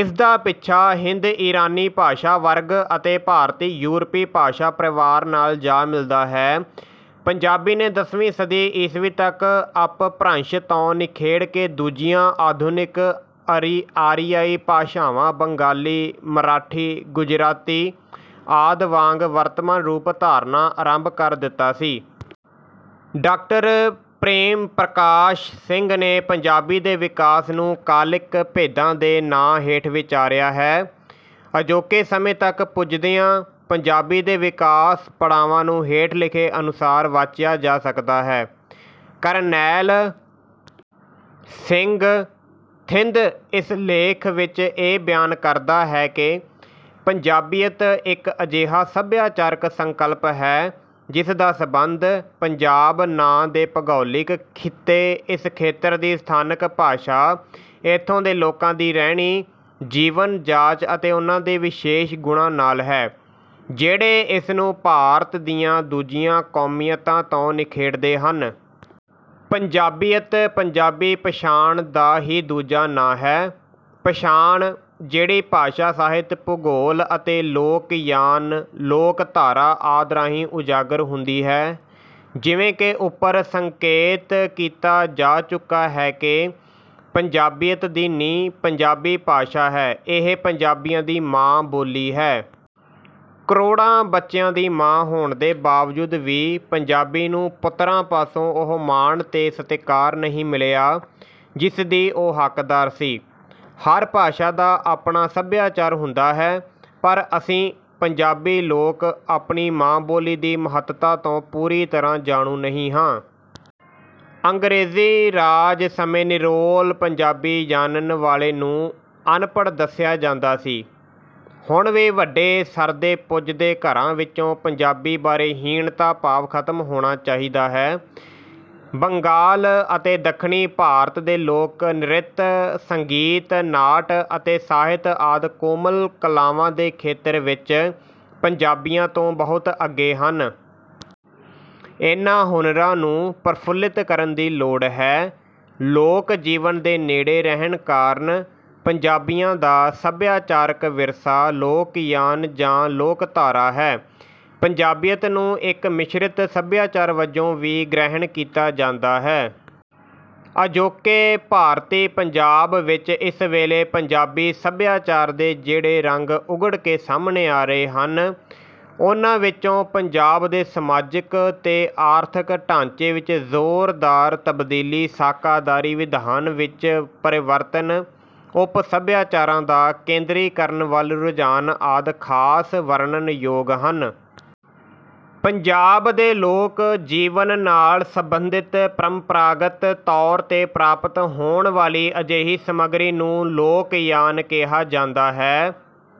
ਇਸ ਦਾ ਪਿੱਛਾ ਹਿੰਦ ਈਰਾਨੀ ਭਾਸ਼ਾ ਵਰਗ ਅਤੇ ਭਾਰਤੀ ਯੂਰਪੀ ਭਾਸ਼ਾ ਪਰਿਵਾਰ ਨਾਲ ਜਾ ਮਿਲਦਾ ਹੈ। ਪੰਜਾਬੀ ਨੇ ਦਸਵੀਂ ਸਦੀ ਈਸਵੀ ਤੱਕ ਅਪਭ੍ਰੰਸ਼ ਤੋਂ ਨਿਖੇੜ ਕੇ ਦੂਜੀਆਂ ਆਧੁਨਿਕ ਆਰੀਆਈ ਭਾਸ਼ਾਵਾਂ ਬੰਗਾਲੀ ਮਰਾਠੀ ਗੁਜਰਾਤੀ ਆਦਿ ਵਾਂਗ ਵਰਤਮਾਨ ਰੂਪ ਧਾਰਨਾ ਆਰੰਭ ਕਰ ਦਿੱਤਾ ਸੀ। ਡਾਕਟਰ ਪ੍ਰੇਮ ਪ੍ਰਕਾਸ਼ ਸਿੰਘ ਨੇ ਪੰਜਾਬੀ ਦੇ ਵਿਕਾਸ ਨੂੰ ਕਾਲਿਕ ਭੇਦਾਂ ਦੇ ਨਾਂ ਹੇਠ ਵਿਚਾਰਿਆ ਹੈ। ਅਜੋਕੇ ਸਮੇਂ ਤੱਕ ਪੁੱਜਦਿਆਂ ਪੰਜਾਬੀ ਦੇ ਵਿਕਾਸ ਪੜਾਵਾਂ ਨੂੰ ਹੇਠ ਲਿਖੇ ਅਨੁਸਾਰ ਵਾਚਿਆ ਜਾ ਸਕਦਾ ਹੈ। ਕਰਨੈਲ ਸਿੰਘ ਥਿੰਦ ਇਸ ਲੇਖ ਵਿੱਚ ਇਹ ਬਿਆਨ ਕਰਦਾ ਹੈ ਕਿ ਪੰਜਾਬੀਅਤ ਇੱਕ ਅਜਿਹਾ ਸੱਭਿਆਚਾਰਕ ਸੰਕਲਪ ਹੈ ਜਿਸ ਦਾ ਸੰਬੰਧ ਪੰਜਾਬ ਨਾਂ ਦੇ ਭੂਗੋਲਿਕ ਖਿੱਤੇ ਇਸ ਖੇਤਰ ਦੀ ਸਥਾਨਕ ਭਾਸ਼ਾ ਇੱਥੋਂ ਦੇ ਲੋਕਾਂ ਦੀ ਰਹਿਣੀ ਜੀਵਨ ਜਾਚ ਅਤੇ ਉਨ੍ਹਾਂ ਦੇ ਵਿਸ਼ੇਸ਼ ਗੁਣਾਂ ਨਾਲ ਹੈ ਜਿਹੜੇ ਇਸ ਨੂੰ ਭਾਰਤ ਦੀਆਂ ਦੂਜੀਆਂ ਕੌਮੀਅਤਾਂ ਤੋਂ ਨਿਖੇੜਦੇ ਹਨ। ਪੰਜਾਬੀਅਤ ਪੰਜਾਬੀ ਪਛਾਣ ਦਾ ਹੀ ਦੂਜਾ ਨਾਂ ਹੈ। ਪਛਾਣ ਜਿਹੜੀ ਭਾਸ਼ਾ ਸਾਹਿਤ ਭੂਗੋਲ ਅਤੇ ਲੋਕਯਾਨ ਲੋਕਧਾਰਾ ਆਦਿ ਰਾਹੀਂ ਉਜਾਗਰ ਹੁੰਦੀ ਹੈ। ਜਿਵੇਂ ਕਿ ਉੱਪਰ ਸੰਕੇਤ ਕੀਤਾ ਜਾ ਚੁੱਕਾ ਹੈ ਕਿ ਪੰਜਾਬੀਅਤ ਦੀ ਨੀਂਹ ਪੰਜਾਬੀ ਭਾਸ਼ਾ ਹੈ ਇਹ ਪੰਜਾਬੀਆਂ ਦੀ ਮਾਂ ਬੋਲੀ ਹੈ। ਕਰੋੜਾਂ ਬੱਚਿਆਂ ਦੀ ਮਾਂ ਹੋਣ ਦੇ ਬਾਵਜੂਦ ਵੀ ਪੰਜਾਬੀ ਨੂੰ ਪੁੱਤਰਾਂ ਪਾਸੋਂ ਉਹ ਮਾਣ ਤੇ ਸਤਿਕਾਰ ਨਹੀਂ ਮਿਲਿਆ ਜਿਸ ਦੀ ਉਹ ਹੱਕਦਾਰ ਸੀ। ਹਰ ਭਾਸ਼ਾ ਦਾ ਆਪਣਾ ਸੱਭਿਆਚਾਰ ਹੁੰਦਾ ਹੈ। ਪਰ ਅਸੀਂ ਪੰਜਾਬੀ ਲੋਕ ਆਪਣੀ ਮਾਂ ਬੋਲੀ ਦੀ ਮਹੱਤਤਾ ਤੋਂ ਪੂਰੀ ਤਰ੍ਹਾਂ ਜਾਣੂ ਨਹੀਂ ਹਾਂ। ਅੰਗਰੇਜ਼ੀ ਰਾਜ ਸਮੇਂ ਨਿਰੋਲ ਪੰਜਾਬੀ ਜਾਣਨ ਵਾਲੇ ਨੂੰ ਅਨਪੜ੍ਹ ਦੱਸਿਆ ਜਾਂਦਾ ਸੀ। ਹੁਣ ਵੀ ਵੱਡੇ ਸਰਦੇ ਪੁਜਦੇ ਘਰਾਂ ਵਿੱਚੋਂ ਪੰਜਾਬੀ ਬਾਰੇ ਹੀਣਤਾ ਭਾਵ ਖਤਮ ਹੋਣਾ ਚਾਹੀਦਾ ਹੈ। ਬੰਗਾਲ ਅਤੇ ਦੱਖਣੀ ਭਾਰਤ ਦੇ ਲੋਕ ਨ੍ਰਿਤ ਸੰਗੀਤ ਨਾਟ ਅਤੇ ਸਾਹਿਤ ਆਦਿ ਕੋਮਲ ਕਲਾਵਾਂ ਦੇ ਖੇਤਰ ਵਿੱਚ ਪੰਜਾਬੀਆਂ ਤੋਂ ਬਹੁਤ ਅੱਗੇ ਹਨ। ਇਨ੍ਹਾਂ ਹੁਨਰਾਂ ਨੂੰ ਪ੍ਰਫੁੱਲਿਤ ਕਰਨ ਦੀ ਲੋੜ ਹੈ। ਲੋਕ ਜੀਵਨ ਦੇ ਨੇੜੇ ਰਹਿਣ ਕਾਰਨ ਪੰਜਾਬੀਆਂ ਦਾ ਸੱਭਿਆਚਾਰਕ ਵਿਰਸਾ ਲੋਕਯਾਨ ਜਾਂ ਲੋਕਧਾਰਾ ਹੈ। ਪੰਜਾਬੀਅਤ ਨੂੰ ਇੱਕ ਮਿਸ਼ਰਿਤ ਸੱਭਿਆਚਾਰ ਵਜੋਂ ਵੀ ਗ੍ਰਹਿਣ ਕੀਤਾ ਜਾਂਦਾ ਹੈ। ਅਜੋਕੇ ਭਾਰਤੀ ਪੰਜਾਬ ਵਿੱਚ ਇਸ ਵੇਲੇ ਪੰਜਾਬੀ ਸੱਭਿਆਚਾਰ ਦੇ ਜਿਹੜੇ ਰੰਗ ਉਘੜ ਕੇ ਸਾਹਮਣੇ ਆ ਰਹੇ ਹਨ ਉਨ੍ਹਾਂ ਵਿੱਚੋਂ ਪੰਜਾਬ ਦੇ ਸਮਾਜਕ ਤੇ ਆਰਥਕ ਢਾਂਚੇ ਵਿੱਚ ਜ਼ੋਰਦਾਰ ਤਬਦੀਲੀ ਸਾਕਾਦਾਰੀ ਵਿਧਾਨ ਵਿੱਚ ਪਰਿਵਰਤਨ ਉਪ ਸੱਭਿਆਚਾਰਾਂ ਦਾ ਕੇਂਦਰੀਕਰਨ ਵੱਲ ਰੁਝਾਨ ਆਦਿ ਖਾਸ ਵਰਨਣਯੋਗ ਹਨ। ਪੰਜਾਬ ਦੇ ਲੋਕ ਜੀਵਨ ਨਾਲ ਸੰਬੰਧਿਤ ਪਰੰਪਰਾਗਤ ਤੌਰ ਤੇ ਪ੍ਰਾਪਤ ਹੋਣ ਵਾਲੀ ਅਜਿਹੀ ਸਮੱਗਰੀ ਨੂੰ ਲੋਕਯਾਨ ਕਿਹਾ ਜਾਂਦਾ ਹੈ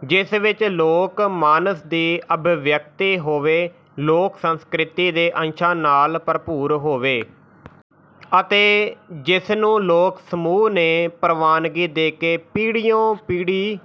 ਜਿਸ ਵਿੱਚ ਲੋਕ ਮਾਨਸ ਦੀ ਅਭਿਵਿਅਕਤੀ ਹੋਵੇ ਲੋਕ ਸੰਸਕ੍ਰਿਤੀ ਦੇ ਅੰਸ਼ਾਂ ਨਾਲ ਭਰਪੂਰ ਹੋਵੇ ਅਤੇ ਜਿਸ ਨੂੰ ਲੋਕ ਸਮੂਹ ਨੇ ਪ੍ਰਵਾਨਗੀ ਦੇ ਕੇ ਪੀੜ੍ਹੀਓ ਪੀੜ੍ਹੀ